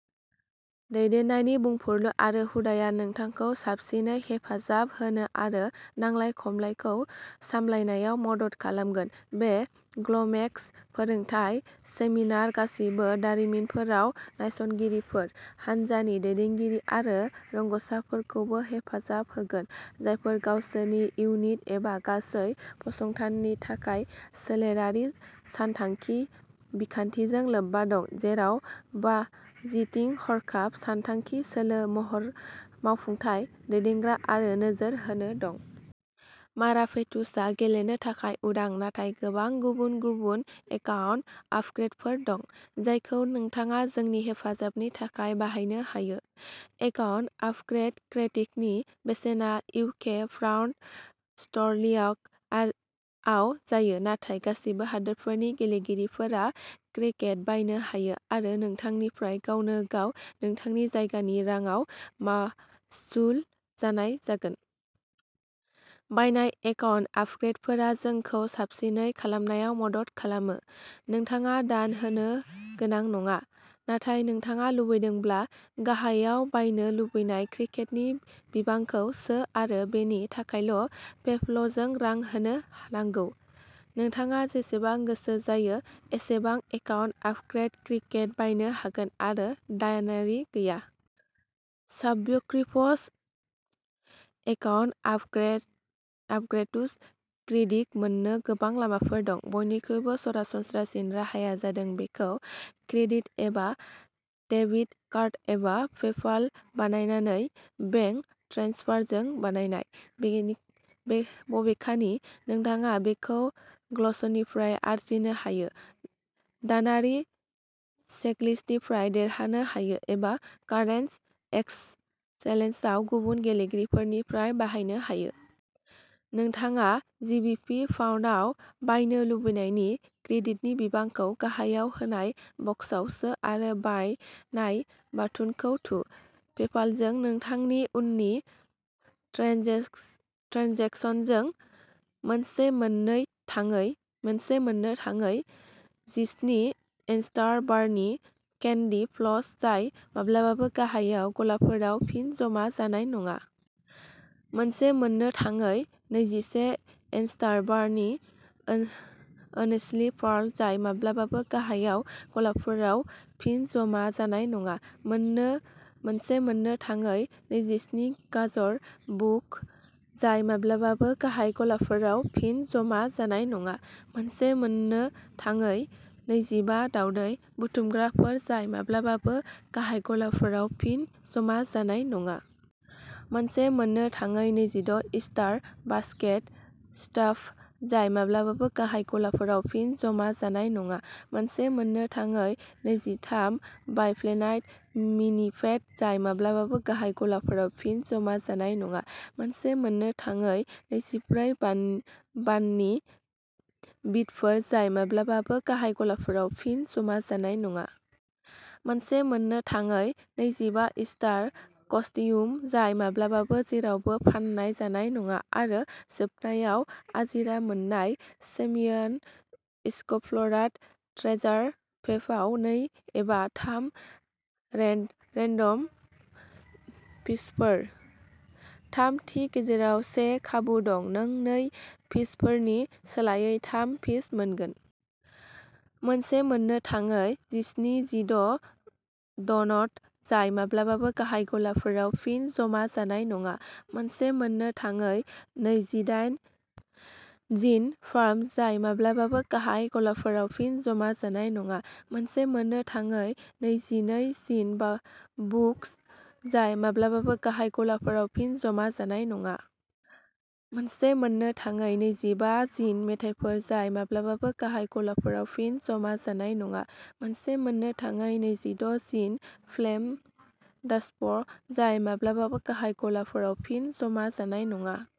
दैदेननायनि बुंफुरलु आरो हुदाया नोंथांखौ साबसिनै हेफाजाब होनो आरो नांलाय खमलायखौ सामलायनायाव मदद खालामगोन। बे ग्ल'मेक्स फोरोंथाय सेमिनारआ गासिबो दारिमिनफोराव नायसंगिरिफोर, हानजानि दैदेनगिरि आरो रोंग'सारफोरखौबो हेफाजाब होगोन, जायफोरा गावसोरनि इउनिट एबा गासै फसंथाननि थाखाय सोलोआरि सानथांखि बिखान्थिजों लोब्बा दं, जेराव बाजेटिं, हरखाब सानथांखि, सोलो महर, मावफुंथाय, दैदेनग्रा आरो नोजोर होनाय दं। मारापेट्सआ गेलेनो थाखाय उदां नाथाय गोबां गुबुन गुबुन एकाउन्ट आपग्रेदफोर दं, जायखौ नोंथाङा जोंनि हेफाजाबनि थाखाय बायनो हायो। एकाउन्ट आपग्रेद क्रेडिटनि बेसेना इउके पाउन्द स्टर्लिंग आव जायो, नाथाय गासिबो हादोरफोरनि गेलेगिरिफोरा क्रेडिट बायनो हायो आरो नोंथांनिफ्राय गावनो गाव नोंथांनि जायगायारि रांआव मासुल लानाय जागोन। बायनाय एकाउन्ट आपग्रेदफोरा जोंखौ साबसिन खालामनायाव मदद खालामो। नोंथाङा दान होनो गोनां नङा, नाथाय नोंथाङा लुबैदोंब्ला, गाहायाव बायनो लुबैनाय क्रेडिटनि बिबांखौ सो आरो बेनि थाखाय पेप'लजों रां होनो नांगौ। नोंथाङा जेसेबां गोसो जायो एसेबां एकाउन्ट आपग्रेद क्रेडिट बायनो हागोन आरो दानारि गैया। साब्सक्रिप्शन। एकाउन्ट आपग्रेड्स क्रेडिट मोननो गोबां लामाफोर दं। बयनिख्रुइ सरासनस्रासिन राहाया जादों बेखौ क्रेडिट एबा डेबिट कार्ड एबा पेपाल बाहायनानै बेंक ट्रेन्सफारजों बायनाय। बबेखानि, नोंथाङा बेखौ गल्सनिफ्राय आरजिनो हायो, दानारि चेकलिस्टनिफ्राय देरहानो हायो एबा कारेन्सि एक्सचेन्जआव गुबुन गेलेगिरिफोरनिफ्राय बायनो हायो। नोंथाङा जिबिपि पाउन्डआव बायनो लुबैनायनि क्रेडिटनि बिबांखौ गाहायाव होनाय बक्सआव सो आरो बाय नाउ बाटोनखौ थु। पेपालजों नोंथांनि उननि ट्रेन्जेकसनजों!! मोनसे मोननो थाङै जिस्नि इस्टार बानि केन्डि फ्लस जाय माब्लाबाबो गाहाय गलाफोराव फिन जमा जानाय नङा। मोनसे मोननो थाङै नैजिसे इस्टार बानि ओनेसि पार्ल जाय माब्लाबाबो गाहाय गलाफोराव फिन जमा जानाय नङा। मोनसे मोननो थाङै नैजिनै गाजर बुक जाय माब्लाबाबो गाहाय गलाफोराव फिन जमा जानाय नङा। मोनसे मोननो थाङै नैजिबा दावदै बुथुमग्राफोर जाय माब्लाबाबो गाहाय गलाफोराव फिन जमा जानाय नङा। मोनसे मोननो थाङै नैजिद' इस्टार बास्केट स्टाम्प जाय माब्लाबाबो गाहाय गलाफोराव फिन जमा जानाय नङा। मोनसे मोननो थाङै नैजिथाम बायफ्लेनाय मिनिपेट जाय माब्लाबाबो गाहाय गलाफोराव फिन जमा जानाय नङा। मोनसे मोननो थाङै नैजिब्रै बाननि बिटफोर जाय माब्लाबाबो गाहाय गलाफोराव फिन जमा जानाय नङा। मोनसे मोननो थाङै नैजिबा इस्टार कस्टियुम जाय माब्लाबाबो जेरावबो फान्नाय जानाय नङा। आरो जोबनायाव, आजिरा मोननाय सिमेरियान एक्सप्ल'रार ट्रेजार मेपआव नै एबा थाम रेन्डम पिसफोर। थाम नि गेजेराव से खाबु दं नों नै पिसफोरनि सोलायै थाम पिस मोनगोन। मोनसे मोननो थाङै जिस्नि जिन ड'नट जाय माब्लाबाबो गाहाय गलाफोराव फिन जमा जानाय नङा। मोनसे मोननो थाङै नैजिदाइन जिन पार्ल जाय माब्लाबाबो गाहाय गलाफोराव फिन जमा जानाय नङा। मोनसे मोननो थाङै नैजिनै जिन बुक जाय माब्लाबाबो गाहाय गलाफोराव फिन जमा जानाय नङा। मोनसे मोननो थाङै नैजिबा जिन मेथाइफोर जाय माब्लाबाबो गाहाय गलाफोराव फिन जमा जानाय नङा। मोनसे मोननो थाङै नैजिद' जिन लेम्प स्टाम्प जाय माब्लाबाबो गाहाय गलाफोराव फिन जमा जानाय नङा।